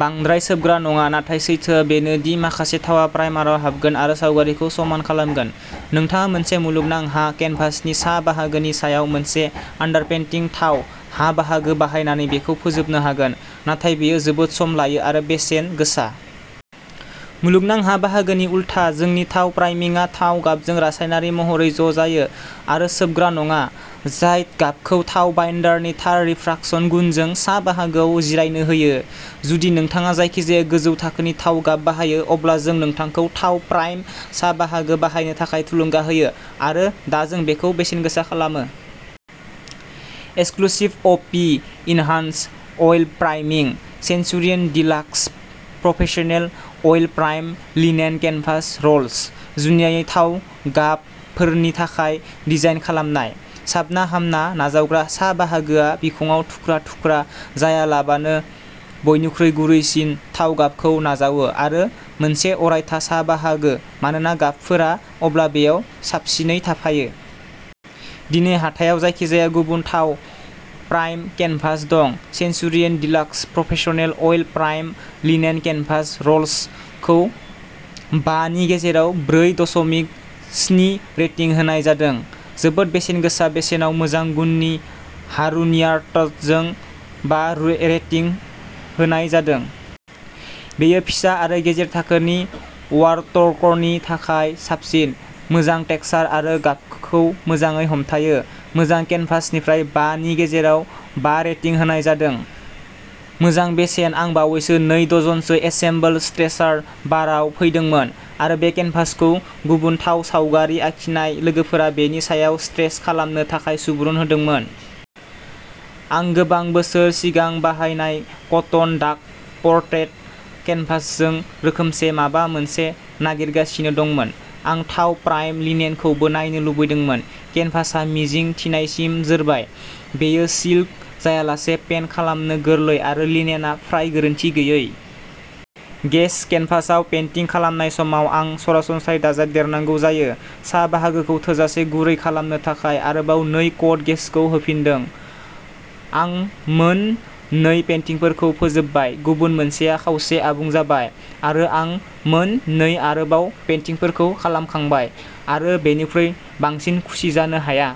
बांद्राय सोबग्रा नङा नाथाय सैथोआ बेनो दि माखासे थावआ प्राइमारआव हाबगोन आरो सावगारिखौ समान खालामगोन। नोंथाङा मोनसे मुलुगनां हा केनभासनि सा बाहागोनि सायाव मोनसे आन्डारपेन्टिं थाव हा बाहागो बाहायनानै बेखौ फोजोबनो हागोन नाथाय बेयो जोबोद सम लायो आरो बेसेन गोसा। मुलुगनां हा बाहागोनि उलथा जोंनि थाव प्राइमिंगआ थाव गाबजों रासायनारि महरै ज' जायो आरो सोबग्रा नङा, जाय गाबखौ थाव बाइन्डारनि थार रिफ्राकसन गुनजों सा बाहागोआव जिरायनो होयो। जुदि नोंथाङा जायखिजाया गोजौ थाखोनि थाव गाब बाहायो, अब्ला जों नोंथांखौ थाव प्राइम्ड सा बाहागो बाहायनो थाखाय थुलुंगा होयो आरो दा जों बेखौ बेसेनगोसा खालामो। एक्सक्लुसिभ अ P enhanced oil priming. Centurion deluxe professional oil primed linen canvas rolls, जुनियायै थाव गाबफोरनि थाखाय डिजाइन खालामनाय। साबना-हामना नाजावग्रा सा बाहागोआ बिखंआव थुख्रा-थुख्रा जायालाबानो बयनिख्रुइ गुरैसिन थाव गाबखौबो नाजावो आरो मोनसे अरायथा सा बाहागो मानोना गाबफोरा अब्ला बेयाव साबसिनै थाफायो। दिनै हाथायाव जायखिजाया गुबुन थाव प्राइम्ड केनभास दं Centurion deluxe professional oil primed linen canvas rolls खौ बा नि गेजेराव ब्रै दसमिक स्नि रेटिं होनाय जादों। जोबोद बेसेनगोसा बेसेनाव मोजां गुननि हारुनियार्टजों बा रेटिं होनाय जादों। बेयो फिसा आरो गेजेर थाखोनि आर्टवर्कनि थाखाय साबसिन। मोजां टेक्सचार आरो गाबखौ मोजाङै हमथायो। मोजां केनभासनिफ्राय बा नि गेजेराव बा रेटिं होनाय जादों, मोजां बेसेन आं बावैसो नै डजनसो एसेम्बल स्ट्रेचार बारआव फैदोंमोन, आरो बे केनभासखौ गुबुन थाव सावगारि आखिनाय लोगोफोरा बेनि सायाव स्ट्रेच खालामनो थाखाय सुबुरुन होदोंमोन। आं गोबां बोसोर सिगां बाहायनाय कटन डाक पर्ट्रेट केनभासजों रोखोमसे माबा मोनसे नागिरगासिनो दंमोन। आं थाव प्राइम्ड लिनेनखौबो नायनो लुबैदोंमोन। केनभासआ मिजिं थिनायसिम जोरबाय, बेयो स्लिक जायालासे पेन्ट खालामनो गोरलै, आरो लिनेनआ फ्राय गोरोन्थि गैयै। गेसड केनभासआव पेन्टिं खालामनाय समाव, आं सरासनस्रायै दाजाबदेरनांगौ जायो। सा बाहागोखौ थोजासे गुरै खालामनो थाखाय आरोबाव नै कट गेसखौ होफिनदों। आं मोन नै पेन्टिंफोरखौ फोजोबबाय, गुबुन मोनसेआ खावसे आबुं जाबाय, आरो आं मोन नै आरोबाव पेन्टिंफोरखौ खालामखांबाय, आरो बेनिख्रुइ बांसिन खुसि जानो हाया।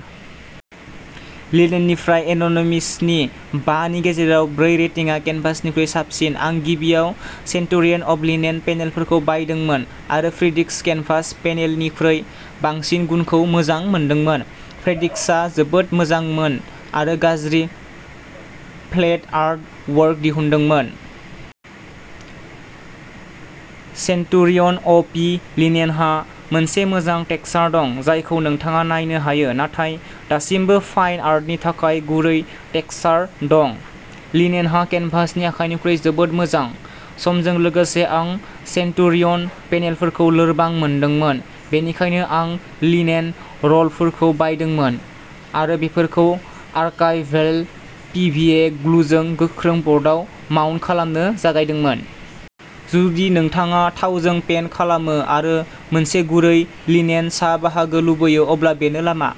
लिनेननिफ्राय एन'निमिसनि बा नि गेजेराव ब्रै रेटिंआ केनभासनिख्रुइ साबसिन आं गिबियाव सेन्टुरियन अप लिनेन पेनेलफोरखौ बायदोंमोन आरो फ्रेड्रिक्स केनभास पेनेलनिख्रुइ बांसिन गुनखौ मोजां मोनदोंमोन। फ्रेड्रिक्सआ जोबोद मोजांमोन आरो गाज्रि फ्लेट आर्ट वर्क दिहुनदोंमोन। सेन्टुरियन अ पि लिनेनहा मोनसे मोजां टेक्सचार दं जायखौ नोंथाङा नायनो हायो नाथाय दासिमबो फाइन आर्टनि थाखाय गुरै टेक्सचार दं। लिनेनआ केनभासनि आखाइनिख्रुइ जोबोद मोजां। समजों लोगोसे आं सेन्टुरियन पेनेलफोरखौ लोरबां मोनदोंमोन बेनिखायनो आं लिनेन र'लफोरखौ बायदोंमोन आरो बेफोरखौ आर्काइभेल पिभिए ग्लुजों गोख्रों बर्डआव माउन्ट खालामनो जागायदोंमोन। जुदि नोंथाङा थावजों पेन्ट खालामो आरो मोनसे गुरै लिनेन सा बाहागो लुबैयो अब्ला बेनो लामा।